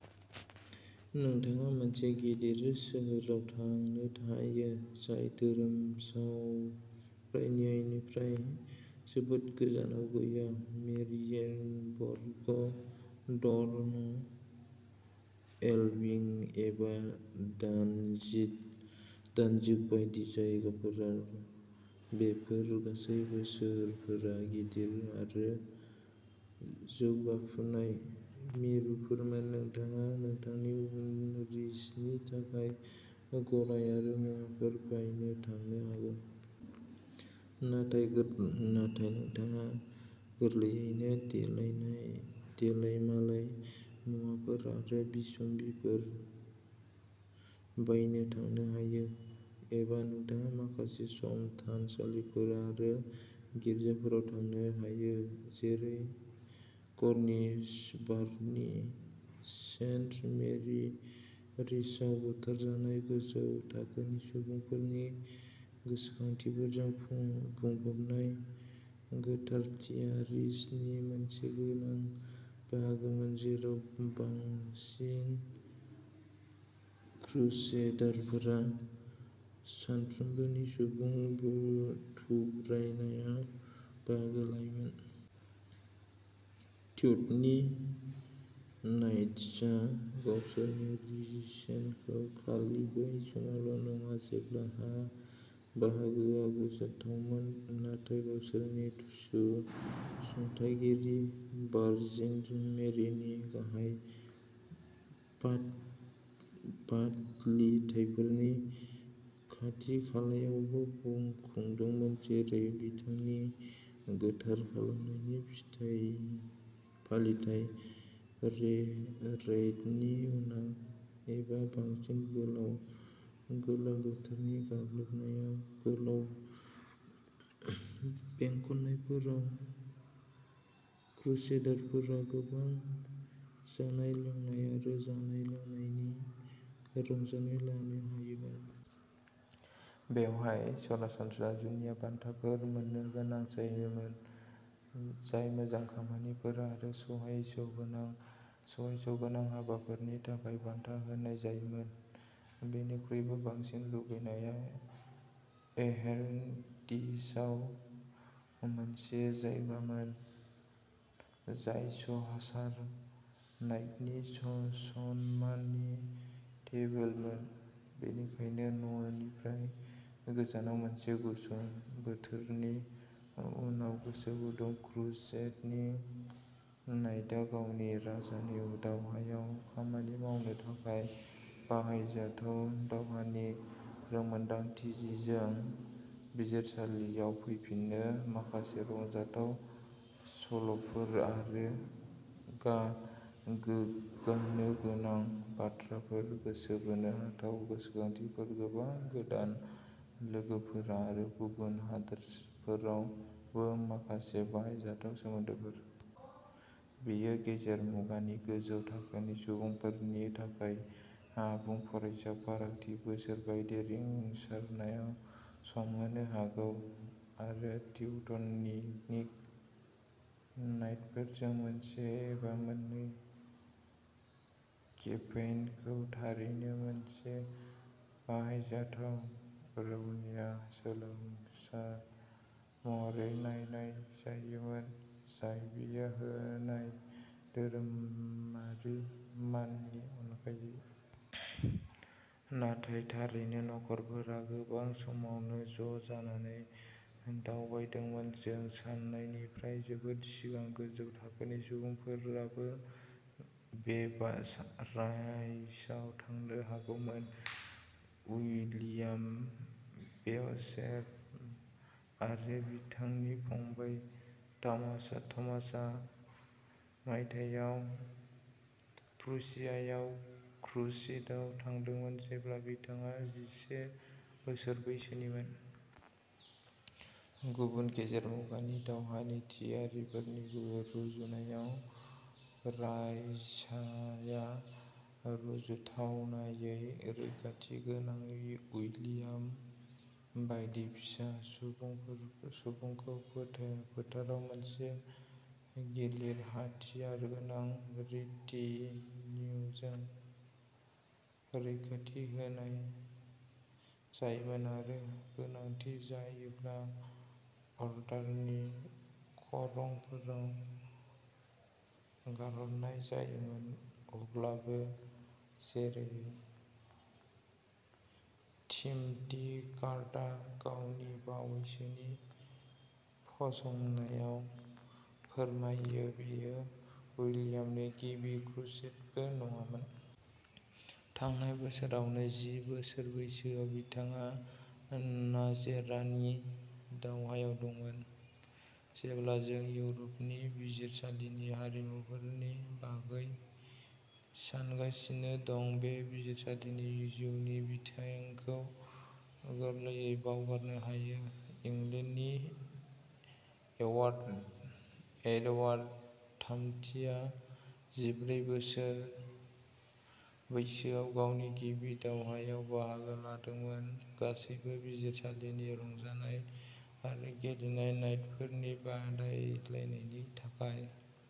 नोंथाङा मोनसे गिदिर सोहोराव थांनो हायो, जाय धोरोमसावरायनायनिफ्राय जोबोद गोजानाव गैया मेरियेनबर्ग, दर्न, एलबिं एबा दानजिग दानजिग बायदि जायगाफोरा। बेफोर गासैबो सोहोरफोरा गिदिर आरो जौगाफुनाय मिरुफोरमोन। नोंथाङा नोंथांनि उननि रिसनि थाखाय गराय आरो मुवाफोर बायनो थांनो हागौ। नाथाय नोंथाङा गोरलैयैनो देलायनाय देलायमालाय मुवाफोर आरो बिसम्बिफोर बायनो थांनो हायो। एबा नोंथाङा माखासे सम थानसालिफोर आरो गिर्जाफोराव थांनो हायो, जेरै कनिसबागनि सेन्ट मेरि, रिसआव बुथारजानाय गोजौ थाखोनि सुबुंफोरनि गोसोखांथिफोरजों बुंफबनाय। गोथारथिया रिसनि मोनसे गोनां बाहागोमोन, जेराव बांसिन क्रुसेडारफोरा सानफ्रोमबोनि सुबुं थुब्रायनायाव बाहागो लायोमोन। ट्यूटनि नाइट्सआ गावसोरनि रिसेनखौ खालि बै समावल' नङा, जेब्ला हा बाहागोआ गोजोनथावमोन, नाथाय गावसोरनि सुंथागिरि, बार्जिन मेरिनि गाहाय फाथ फाथलिथायफोरनि खाथि खालायावबो खुंदोंमोन, जेरै बिथांनि गोथार खालामनायनि फिथाइ फालिथाइ। रेइडनि उनाव एबा बांसिन गोलाव गोलोम बोथोरनि गाग्लोबनायाव, गोलाव बेंखननायफोराव, क्रुसेडारफोरा गोबां जानाय-लोंनाय आरो जानाय-लोंनायनि रंजानाय लानो हायोमोन। बेवहाय सरासनस्रा जुनिया बान्थाफोर मोन्नो गोनां जायोमोन, जाय मोजां खामानिफोर आरो साहसगोनां साहसगोनां हाबाफोरनि थाखाय बान्था होनाय जायोमोन। बेनिख्रुइबो बांसिन लुबैनाया एह्रेन्टिशआव मोनसे जायगामोन, जाय चसार नाइटनि सन्माननि टेबोलमोन। बेनिखायनो न'निफ्राय गोजानाव मोनसे गुसुं बोथोरनि उनाव, गोसोगुदुं क्रुसेडनि नाइटआ गावनि राजानि दावहायाव खामानि मावनो थाखाय बाहायजाथाव'दावहानि रोंमोनदांथि'जों बिजिरसालियाव फैफिनो, माखासे रंजाथाव सल'फोर आरो गोग्गानो गोनां बाथ्राफोर, गोसो बोनो हाथाव गोसोखांथिफोर, गोबां गोदान लोगोफोर आरो गुबुन हादोरफोरावबो माखासे बाहायजाथाव सोमोन्दोफोर। बेयो गेजेर मुगानि गोजौ थाखोनि सुबुंफोरनि थाखाय आबुं फरायसा फारागथि बोसोर बायदि रिंसारनायाव सम होनो हागौ। आरो टिउटनिक नाइटफोरजों मोनसे एबा मोननै केपेइनखौ थारैनो मोनसे बाहायजाथाव रौनिया सोलोंसा महरै नायनाय जायोमोन, जाय बेयो होनाय धोरोमारि माननि अनगायै। नाथाय थारैनो, नखरफोरा गोबां समावनो ज' जानानै दावबायदोंमोन। जों सान्नायनिफ्राय जोबोद सिगां गोजौ थाखोनि सुबुंफोराबो बे रायसाव थांनो हागौमोन। उइलियाम बेउचेप आरो बिथांनि फंबाय थमासआ मायथाइयाव प्रुसियायाव क्रुसेडआव थांदोंमोन, जेब्ला बिथाङा जिसे बोसोर बैसोनिमोन। गुबुन गेजेर मुगानि दावहानि थियारिफोरनि रुजुनायाव, रायसाया रुजुथावनायै रैखाथि गोनांयै उइलियाम बायदि फिसा सुबुंखौ फोथाराव मोनसे गिलिर-हाथियारगोनां रिटिन्युजों रैखाथि होनाय जायोमोन आरो गोनांथि जायोब्ला अर्डारनि खरंफोराव गारहरनाय जायोमोन। अब्लाबो जेरै टिमथि गार्डआ गावनि बावैसोनि फसंनायाव फोरमायो, बेयो उइलियामनि गिबि क्रुसेडबो नङामोन। थांनाय बोसोरावनो, जि बोसोर बैसोआव, बिथाङा नाजेरानि दावहायाव दंमोन। जेब्ला जों इउर'पनि बिजिरसालिनि हारिमुफोरनि बागै सानगासिनो दं, बे बिजिरसालिनि जिउनि बिथिंखौ गोरलैयै बावगारनो हायो। इंलेन्डनि एवार्ड एडवार्ड थामथिआ जिब्रै बोसोर बैसोआव गावनि गिबि दावहायाव बाहागो लादोंमोन। गासैबो बिजिरसालिनि रंजानाय आरो गेलेनाय नाइटफोरनि बादायलायनायनि थाखाय।